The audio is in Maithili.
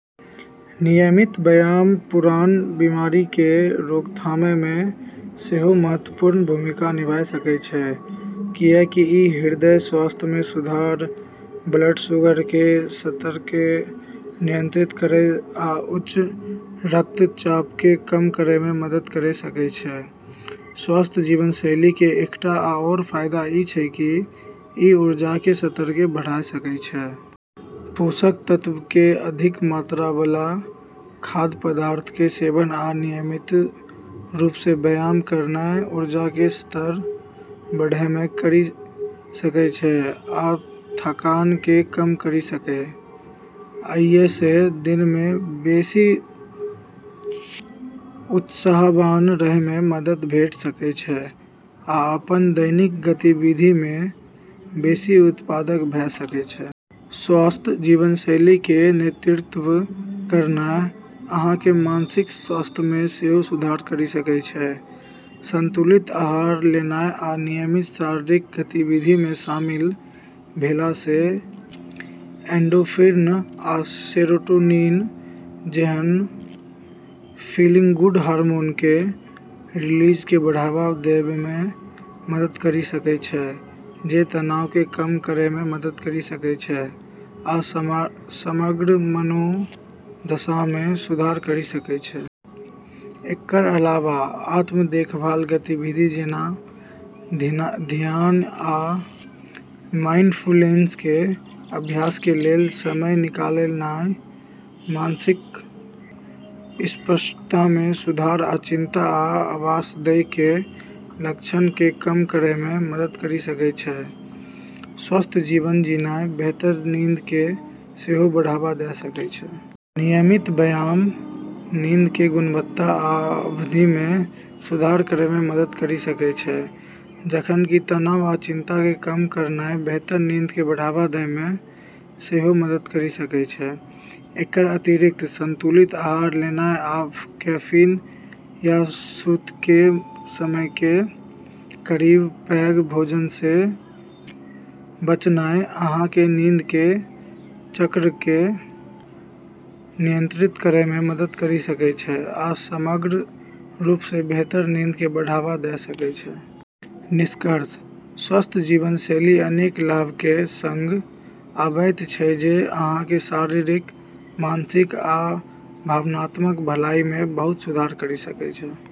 नियमित व्यायाम पुरान बीमारिके रोकथाममे सेहो महत्वपूर्ण भूमिका निभा सकै छै, किएकि ई हृदय स्वास्थ्यमे सुधार, ब्लड शुगरके स्तरके नियंत्रित करै आ उच्च रक्तचापके कम करैमे मदद करि सकै छै। स्वस्थ जीवनशैलीके एकटा आओर फाइदा ई छै कि ई ऊर्जाके स्तरके बढ़ा सकै छै। पोषक तत्वके अधिक मात्राबला खाद्य पदार्थके सेवन आ नियमित रूपसँ व्यायाम करनाइ ऊर्जाके स्तर बढ़ेबामे करि सकै छै आ थकानके कम करि सकै। अइसँ दिनमे बेशी उत्साहवान रहैमे मदद भेट सकै छै आ अपन दैनिक गतिविधिमे बेशी उत्पादक भ' सकै छै। स्वस्थ जीवनशैलीके नेतृत्व करनाइ, अहाँके मानसिक स्वास्थ्यमे सेहो सुधार करि सकै छै। संतुलित आहार लेनाइ आ नियमित शारीरिक गतिविधिमे शामिल भेलासँ एंडोर्फिन आ सेरोटोनिन जेहन फीलिंग-गुड हार्मोनके रिलीजके बढ़ावा दैमे मदद करि सकै छै, जे तनावके कम करैमे मदद करि सकै छै आ समग्र मनोदशामे सुधार करि सकै छै। एकर अलावा, आत्म-देखभाल गतिविधि जेना धियान या माइंडफुलनेसके अभ्यासके लेल समय निकालनाइ मानसिक स्पष्टतामे सुधार आ चिंता आ अवसादके लक्षणके कम करैमे मदद करि सकै छै । स्वस्थ जीवन जीनाइ बेहतर नींदके सेहो बढ़ावा द' सकै छै। नियमित व्यायाम नींदके गुणवत्ता आ अवधिमे सुधार करैमे मदद करि सकै छै, जखन कि तनाव आ चिंताके कम करनाइ बेहतर नींदके बढ़ावा दैमे सेहो मदद करि सकै छै। एकर अतिरिक्त, संतुलित आहार लेनाइ आ कैफीन या सुतयके समयके करीब पैघ भोजनसँ बचनाइ अहाँके नींदके चक्रक नियंत्रित करैमे मदद करि सकै छै आ समग्र रूपसँ बेहतर नींदके बढ़ावा द' सकै छै। निष्कर्षतः, स्वस्थ जीवन शैली अनेक लाभक सङ्ग आबैत छै जे अहाँके शारीरिक, मानसिक आ भावनात्मक भलाइमे बहुत सुधार करि सकै छै ।